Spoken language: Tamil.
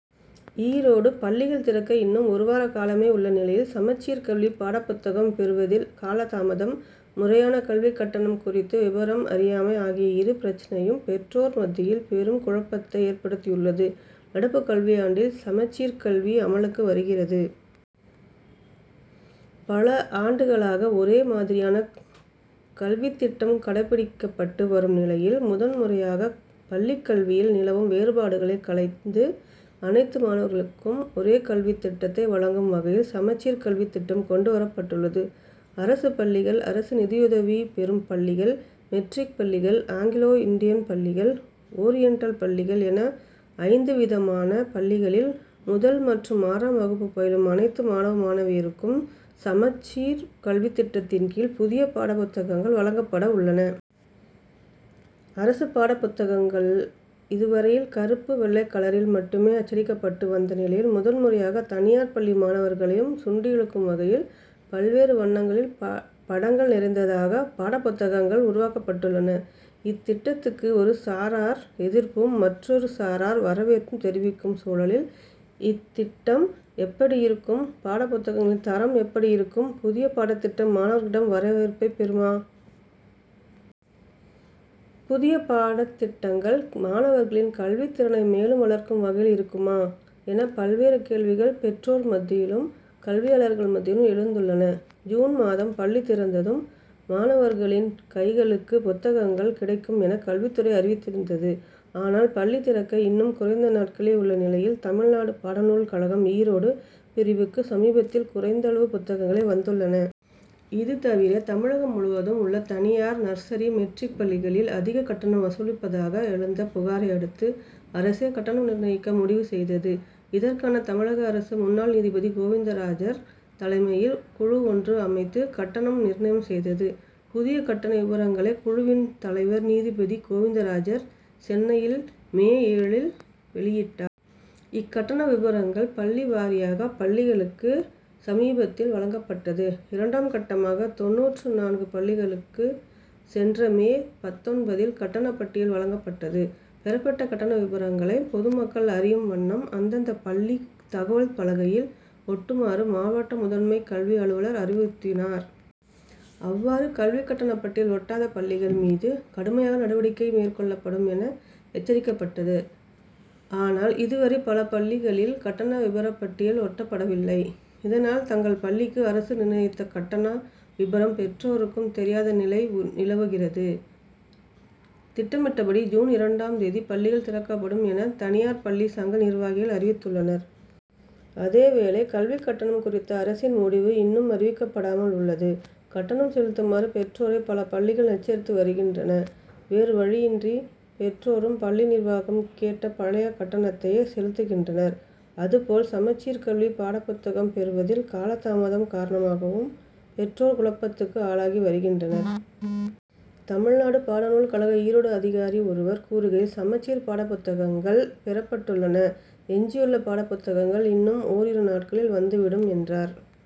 ஈரோடு பள்ளிகள் திறக்க இன்னும் ஒருவார காலமே உள்ள நிலையில் சமச்சீர் கல்வி பாடப்புத்தகம் பெறுவதில் காலதாமதம், முறையான கல்விக் கட்டணம் குறித்து விபரம் அறியாமை ஆகிய இரு பிரச்சனையும் பெற்றோர் மத்தியில் பெரும் குழப்பத்தை ஏற்படுத்தியுள்ளது. நடப்பு கல்வியாண்டில் சமச்சீர் கல்வி அமலுக்கு வருகிறது. பல ஆண்டுகளாக ஒரே மாதிரியான ல்வித்திட்டம் கடைபிடிக்கப்பட்டு வரும் நிலையில், முதன் முறையாக பள்ளிக் கல்வியில் நிலவும் வேறுபாடுகளை களைந்து, அனைத்து மாணவர்களுக்கும் ஒரே கல்வித்திட்டத்தை வழங்கும் வகையில், சமச்சீர் கல்வித்திட்டம் கொண்டு வரப்பட்டுள்ளது. அரசு பள்ளிகள், அரசு நிதியுதவி பெறும் பள்ளிகள், மெட்ரிக் பள்ளிகள், ஆங்கிலோ இந்தியன் பள்ளிகள், ஓரியண்டல் பள்ளிகள் என ஐந்து விதமான பள்ளிகளில் முதல் மற்றும் ஆறாம் வகுப்பு பயிலும் அனைத்து மாணவ, மாணவியருக்கும், சமச்சீர் கல்வி திட்டத்தின் கீழ் புதிய பாடப்புத்தகங்கள் வழங்கப்பட உள்ளன. அரசு பாடப்புத்தகங்கள இதுவரையில் கறுப்பு, வெள்ளை கலரில் மட்டுமே அச்சடிக்கப்பட்டு வந்த நிலையில், முதன் முறையாக தனியார் பள்ளி மாணவர்களையும் சுண்டியிழுக்கும் வகையில், பல்வேறு வண்ணங்களில் படங்கள் நிறைந்ததாக பாடப்புத்தகங்கள் உருவாக்கப்பட்டுள்ளன. இத்திட்டத்துக்கு ஒரு சாரார் எதிர்ப்பும், மற்றொரு சாரார் வரவேற்பும் தெரிவிக்கும் சூழலில், இத்திட்டம் எப்படியிருக்கும், பாடப்புத்தகங்களின் தரம் எப்படி இருக்கும், புதிய பாடத்திட்டம் மாணவர்களிடம் வரவேற்பை பெறுமா? புதிய பாடத்திட்டங்கள் மாணவர்களின் கல்வித்திறனை மேலும் வளர்க்கும் வகையில் இருக்குமா? என பல்வேறு கேள்விகள் பெற்றோர் மத்தியிலும், கல்வியாளர்கள் மத்தியிலும் எழுந்துள்ளன. ஜூன் மாதம் பள்ளி திறந்ததும் மாணவர்களின் கைகளுக்கு புத்தகங்கள் கிடைக்கும் என கல்வித்துறை அறிவித்திருந்தது. ஆனால், பள்ளி திறக்க இன்னும் குறைந்த நாட்களே உள்ள நிலையில் தமிழ்நாடு பாடநூல் கழகம் ஈரோடு பிரிவுக்கு சமீபத்தில் குறைந்தளவு புத்தகங்களே வந்துள்ளன. இதுதவிர, தமிழகம் முழுவதும் உள்ள தனியார், நர்ஸரி, மெட்ரிக் பள்ளிகளில் அதிக கட்டணம் வசூலிப்பதாக எழுந்த புகாரை அடுத்து, அரசே கட்டணம் நிர்ணயிக்க முடிவு செய்தது. இதற்காக தமிழக அரசு முன்னாள் நீதிபதி கோவிந்தராஜர் தலைமையில் குழு ஒன்று அமைத்து கட்டணம் நிர்ணயம் செய்தது. புதிய கட்டண விபரங்களை, குழுவின் தலைவர் நீதிபதி கோவிந்தராஜர் சென்னையில் மே ஏழில் வெளியிட்டார். இக்கட்டண விபரங்கள் பள்ளி வாரியாக பள்ளிகளுக்கு சமீபத்தில் வழங்கப்பட்டது. இரண்டாம் கட்டமாக தொண்ணூற்று நான்கு பள்ளிகளுக்கு சென்ற மே பத்தொன்பதில் கட்டண பட்டியல் வழங்கப்பட்டது. பெறப்பட்ட கட்டண விபரங்களை பொதுமக்கள் அறியும் வண்ணம் அந்தந்த பள்ளி தகவல் பலகையில் ஒட்டுமாறு மாவட்ட முதன்மை கல்வி அலுவலர் அறிவுறுத்தினார். அவ்வாறு கல்வி கட்டண பட்டியல் ஒட்டாத பள்ளிகள் மீது கடுமையாக நடவடிக்கை மேற்கொள்ளப்படும் என எச்சரிக்கப்பட்டது. ஆனால், இதுவரை பல பள்ளிகளில் கட்டண விபரப்பட்டியல் ஒட்டப்படவில்லை. இதனால், தங்கள் பள்ளிக்கு அரசு நிர்ணயித்த கட்டண விபரம் பெற்றோருக்கும் தெரியாத நிலை நிலவுகிறது. திட்டமிட்டபடி ஜூன் இரண்டாம் தேதி பள்ளிகள் திறக்கப்படும் என தனியார் பள்ளி சங்க நிர்வாகிகள் அறிவித்துள்ளனர். அதேவேளை கல்விக் கட்டணம் குறித்த அரசின் முடிவு இன்னும் அறிவிக்கப்படாமல் உள்ளது. கட்டணம் செலுத்துமாறு பெற்றோரை பல பள்ளிகள் நச்சரித்து வருகின்றன. வேறு வழியின்றி பெற்றோரும் பள்ளி நிர்வாகம் கேட்ட பழைய கட்டணத்தையே செலுத்துகின்றனர். அதுபோல் சமச்சீர் கல்வி பாடப்புத்தகம் பெறுவதில் காலதாமதம் காரணமாகவும் பெற்றோர் குழப்பத்துக்கு ஆளாகி வருகின்றனர். தமிழ்நாடு பாடநூல் கழக ஈரோடு அதிகாரி ஒருவர் கூறுகையில், சமச்சீர் பாடப்புத்தகங்கள் பெறப்பட்டுள்ளன. எஞ்சியுள்ள பாடப்புத்தகங்கள் இன்னும் ஓரிரு நாட்களில் வந்துவிடும், என்றார்.